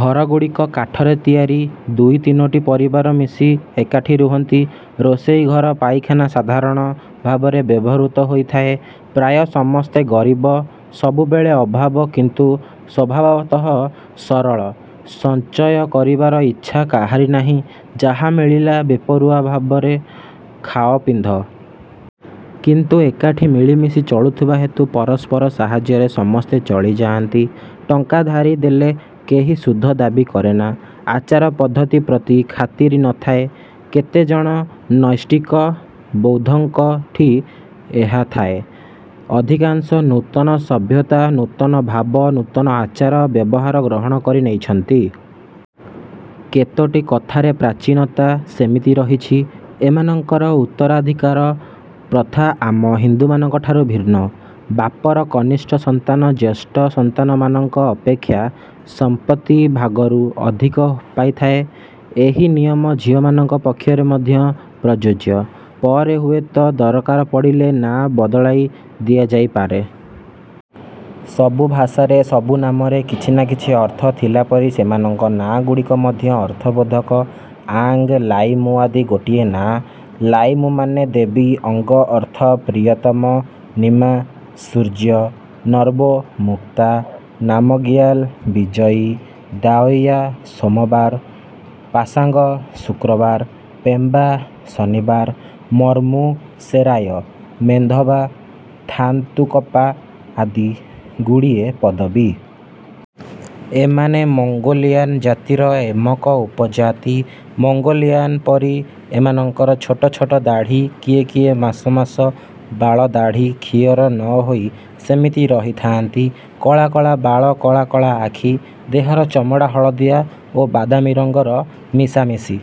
ଘରଗୁଡ଼ିକ କାଠରେ ତିଆରି। ଦୁଇ ତିନୋଟି ପରିବାର ମିଶି ଏକାଠି ରୁହନ୍ତି। ରୋଷେଇ ଘର, ପାଇଖାନା ସାଧାରଣ ଭାବରେ ବ୍ୟବହୃତ ହୋଇଥାଏ। ପ୍ରାୟ ସମସ୍ତେ ଗରିବ। ସବୁବେଳେ ଅଭାବ। କିନ୍ତୁ ସ୍ୱଭାବତଃ ସରଳ। ସଞ୍ଚୟ କରିବାର ଇଚ୍ଛା କାହାରି ନାହିଁ। ଯାହା ମିଳିଲା ବେପରୁଆ ଭାବରେ ଖାଅ, ପିନ୍ଧ। କିନ୍ତୁ ଏକାଠି ମିଳିମିଶି ଚଳୁଥିବା ହେତୁ ପରସ୍ପର ସାହାଯ୍ୟରେ ସମସ୍ତେ ଚଳିଯାଆନ୍ତି। ଟଙ୍କା ଧାରି ଦେଲେ କେହି ସୁଧ ଦାବୀ କରେନା। ଆଚାର ପଦ୍ଧତି ପ୍ରତି ଖାତିରି ନ ଥାଏ। କେତେ ଜଣ ନୈଷ୍ଠିକ ବୌଦ୍ଧଙ୍କଠି ଏହା ଥାଏ। ଅଧିକାଂଶ ନୂତନ ସଭ୍ୟତା, ନୂତନ ଭାବ, ନୂତନ ଆଚାର, ବ୍ୟବହାର ଗ୍ରହଣ କରି ନେଇଛନ୍ତି। କେତୋଟି କଥାରେ ପ୍ରାଚୀନତା ସେମିତି ରହିଛି। ଏମାନଙ୍କର ଉତ୍ତରାଧୀକାର ପ୍ରଥା ଆମ ହିନ୍ଦୁଙ୍କଠାରୁ ଭିନ୍ନ। ବାପର କନିଷ୍ଠ ସନ୍ତାନ ଜ୍ୟେଷ୍ଠ ସନ୍ତାନମାନଙ୍କ ଅପେକ୍ଷା ସମ୍ପତ୍ତି ଭାଗରୁ ଅଧିକ ପାଇଥାଏ। ଏହି ନିୟମ ଝିଅମାନଙ୍କ ପକ୍ଷରେ ମଧ୍ୟ ପ୍ରଯୁଜ୍ୟ। ପରେ ହୁଏତ ଦରକାର ପଡ଼ିଲେ ନା ବଦଳାଇ ଦିଆଯାଇପାରେ। ସବୁ ଭାଷାରେ, ସବୁ ନାମରେ କିଛି ନା କିଛି ଅର୍ଥ ଥିଲାପରି ସେମାନଙ୍କ ନାଁ ଗୁଡ଼ିକ ମଧ୍ୟ ଅର୍ଥବୋଧକ। ଆଙ୍ଗ୍, ଲାଇମୁଆଦି ଗୋଟିଏ ନାଆଁ। ଲାଇମୁମାନେ ଦେବୀ–ଆଙ୍ଗ ଅର୍ଥ ପ୍ରିୟତମ, ନିମା–ସୂର୍ଯ୍ୟ, ନର୍ବୋ–ମୁକ୍ତା, ନାମଗିୟାଲ–ବିଜୟୀ, ଦାଓୟା–ସୋମବାର, ପାସାଙ୍ଗ–ଶୁକ୍ରବାର, ପେମ୍ବା–ଶନିବାର; ମର୍ମୁ, ଶେରାୟ, ମେନ୍ଦଭା, ଥାନ୍ତୁକପା ଆଦି ଗୁଡ଼ିଏ ପଦବୀ। ଏମାନେ ମଙ୍ଗୋଲିଆନ୍ ଜାତିର ଏମକ ଉପଜାତି। ମଙ୍ଗୋଲିଆନ୍ଙ୍କ ପରି ଏମାନଙ୍କର ଛୋଟ ଛୋଟ ଦାଢ଼ୀ। କିଏ କିଏ ମାସ ମାସ କାଳ ଦାଢ଼ୀ କ୍ଷିଅର ନ ହୋଇ ସେମିତି ରହିଥାଆନ୍ତି। କଳା କଳା ବାଳ। କଳା କଳା ଆଖି। ଦେହର ଚମଡ଼ା ହଳଦିଆ ଓ ବାଦାମୀ ରଙ୍ଗର ମିଶାମିଶି।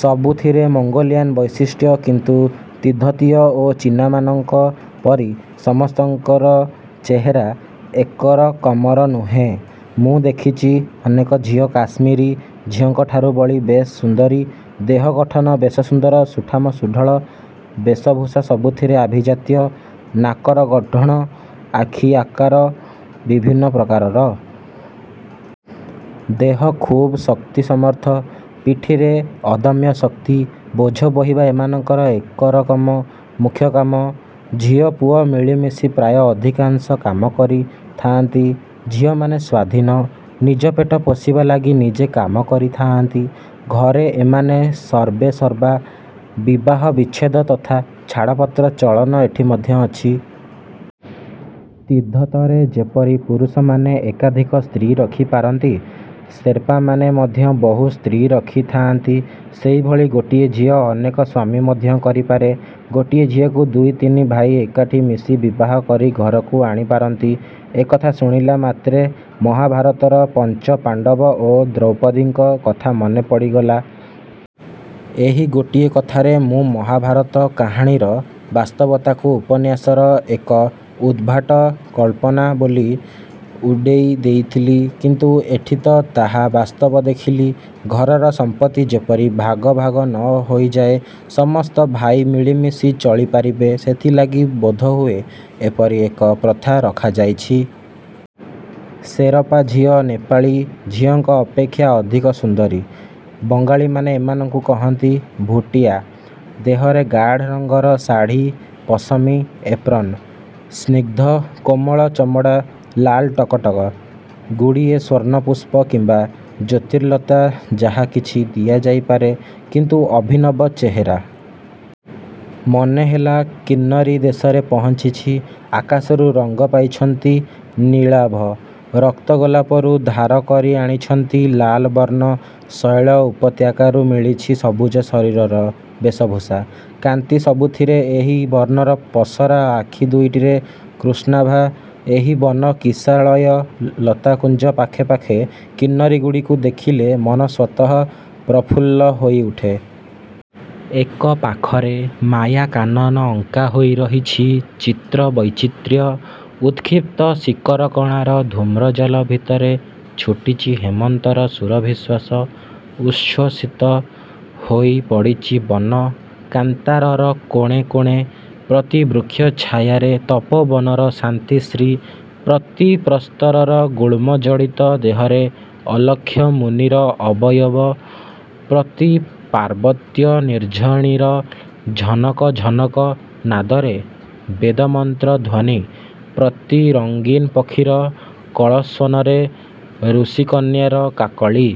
ସବୁଥିରେ ମଙ୍ଗୋଲିଆନ୍ ବୈଶିଷ୍ଟ୍ୟ, କିନ୍ତୁ ତିବ୍ବତୀୟ ଓ ଚୀନାମାନଙ୍କ ପରି ସମସ୍ତଙ୍କର ଚେହେରା ଏକରକମର ନୁହେଁ। ମୁଁ ଦେଖଚି ଅନେକ ଝିଅ କାଶ୍ମିରୀ ଝିଅଙ୍କଠାରୁ ବଳି ବେଶ ସୁନ୍ଦରୀ-ଦେହ ଗଠନ ବେଶ ସୁନ୍ଦର, ସୁଠାମ, ସୁଢ଼ଳ। ବେଶଭୂଷା ସବୁଥିରେ ଆଭିଜାତ୍ୟ। ନାକର ଗଢ଼ଣ, ଆଖିର ଆକାର ବିଭିନ୍ନ ପ୍ରକାରର। ଦେହ ଖୁବ୍ ଶକ୍ତି ସମର୍ଥ। ପିଠିରେ ଅଦମ୍ୟ ଶକ୍ତି। ବୋଝ ବୋହିବା ଏମାନଙ୍କର ଏକରକମ ମୁଖ୍ୟକାମ। ଝିଅ ପୁଅ ମିଳିମିଶି ପ୍ରାୟ ଅଧିକାଂଶ କାମ କରି ଥାଆନ୍ତି। ଝିଅମାନେ ସ୍ୱାଧୀନ। ନିଜ ପେଟ ପୋଷିବା ଲାଗି ନିଜେ କାମ କରିଥାଆନ୍ତି। ଘରେ ଏମାନେ ସର୍ବେସର୍ବା, ବିବାହ ବିଚ୍ଛେଦ ତଥା ଛାଡ଼ପତ୍ର ଚଳନ ଏଠି ମଧ୍ୟ ଅଛି। ତିବ୍ଦତରେ ଯେପରି ପୁରୁଷମାନେ ଏକାଧିକ ସ୍ତ୍ରୀ ରଖିପାରନ୍ତି, ସେର୍ପାମାନେ ମଧ୍ୟ ବହୁ ସ୍ତ୍ରୀ ରଖିଥାଆନ୍ତି। ସେଇଭଳି ଗୋଟିଏ ଝିଅ ଅନେକ ସ୍ୱାମୀ ମଧ୍ୟ କରିପାରେ। ଗୋଟିଏ ଝିଅକୁ ଦୁଇ ତିନି ଭାଇ ଏକାଠି ମିଶି ବିବାହ କରି ଘରକୁ ଆଣିପାରନ୍ତି। ଏକଥା ଶୁଣିଲାମାତ୍ରେ ମହାଭାରତର ପଞ୍ଚପାଣ୍ତବ ଓ ଦ୍ରୌପଦୀଙ୍କ କଥା ମନେ ପଡ଼ିଗଲା। ଏହି ଗୋଟିଏ କଥାରେ ମୁଁ ମହାଭାରତ। କାହାଣୀର ବାସ୍ତବତାକୁ ଉପନ୍ୟାସର ଏକ ଉଦ୍ଭାଟ କଳ୍ପନା ବୋଲି ଉଡ଼େଇ ଦେଉଥିଲି କିନ୍ତୁ ଏଠି ତ ତାହା ବାସ୍ତବ ଦେଖିଲି। ଘରର ସମ୍ପତ୍ତି ଯେପରି ଭାଗ ଭାଗ ନ ହୋଇଯାଏ, ସମସ୍ତ ଭାଇ ମିଳିମିଶି ଚଳି ପାରିବେ, ସେଥିଲାଗି ବୋଧହୁଏ ଏପରି ଏକ ପ୍ରଥା ରଖାଯାଇଛି। ସେରପା ଝିଅ ନେପାଳୀ ଝିଅଙ୍କ ଅପେକ୍ଷା ଅଧିକ ସୁନ୍ଦରୀ। ବଙ୍ଗାଳୀମାନେ ଏମାନଙ୍କୁ କହନ୍ତି ଭୁଟିଆ। ଦେହରେ ଗାଢ଼ ରଙ୍ଗର ଶାଢ଼ି ପଶମୀ 'ଏପ୍ରନ'। ସ୍ନିଗ୍ଧ କୋମଳ ଚମଡ଼ା ଲାଲ ଟକ ଟକ। ଗୁଡ଼ିଏ ସ୍ୱର୍ଣ୍ଣପୁଷ୍ପ କିମ୍ୱା ଜ୍ୟୋତିର୍ଲତା ଯାହା କିଛି ଦିଆଯାଇପାରେ। କିନ୍ତୁ ଅଭିନବ ଚେହେରା। ମନେ ହେଲା କିନ୍ମରୀ ଦେଶରେ ପହଞ୍ଚିଛି। ଆକାଶରୁ ରଙ୍ଗ ପାଇଛନ୍ତି ନୀଳାଭ ରକ୍ତଗୋଲାପରୁ ଧାର କରି ଆଣିଛନ୍ତି ଲାଲବର୍ଣ୍ଣ, ଶୈଳ ଉପତ୍ୟକାରୁ ମିଳିଚି ସବୁଜ ଶରୀରର ବେଶଭୂଷା, କାନ୍ତି ସବୁଥିରେ ଏହି ବର୍ଣ୍ଣର ପସରା। ଆଖି ଦୁଇଟିରେ କୃଷ୍ଣାଭା। ଏହି ବନ କିଶାଳୟ, ଲତାକୁଞ୍ଜ ପାଖେ ପାଖେ କିନ୍ନରୀଗୁଡ଼ିକୁ ଦେଖିଲେ ମନ ସ୍ୱତଃ ପ୍ରଫୁଲ୍ଲ ହୋଇଉଠେ। ଏକ ପାଖରେ ମାୟା କାନନ ଅଙ୍କା ହୋଇ ରହିଛି–ଚିତ୍ର ବୈଚିତ୍ର୍ୟ। ଉତ୍କ୍ଷିପ୍ତ ଶିକରକଣାର ଧୂମ୍ରଜାଲ ଭିତରେ ଛୁଟିଛି ହେମନ୍ତର ସୁରଭିଶ୍ୱାସ–ଉଚ୍ଛ୍ୱସିତ ହୋଇ ପଡ଼ିଚି ବନ କାନ୍ତାରର କୋଣେ କୋଣେ। ପ୍ରତି ବୃକ୍ଷ ଛାୟାରେ ତପୋବନର ଶାନ୍ତିଶ୍ରୀ: ପ୍ରତି ପ୍ରସ୍ତରର ଗୁଳ୍ମଜଡ଼ିତ ଦେହରେ ଅଲକ୍ଷ୍ୟ ମୁନିର ଅବୟବ; ପ୍ରତି ପାର୍ବତ୍ୟ ନିର୍ଝରଣୀର ଝନକ ଝନକ ନାଦରେ ବେଦମନ୍ତ୍ର ଧ୍ୱନି; ପ୍ରତି ରଙ୍ଗୀନ ପକ୍ଷୀର କଳସ୍ୱନରେ ଋଷିକନ୍ୟାର କାକଳୀ।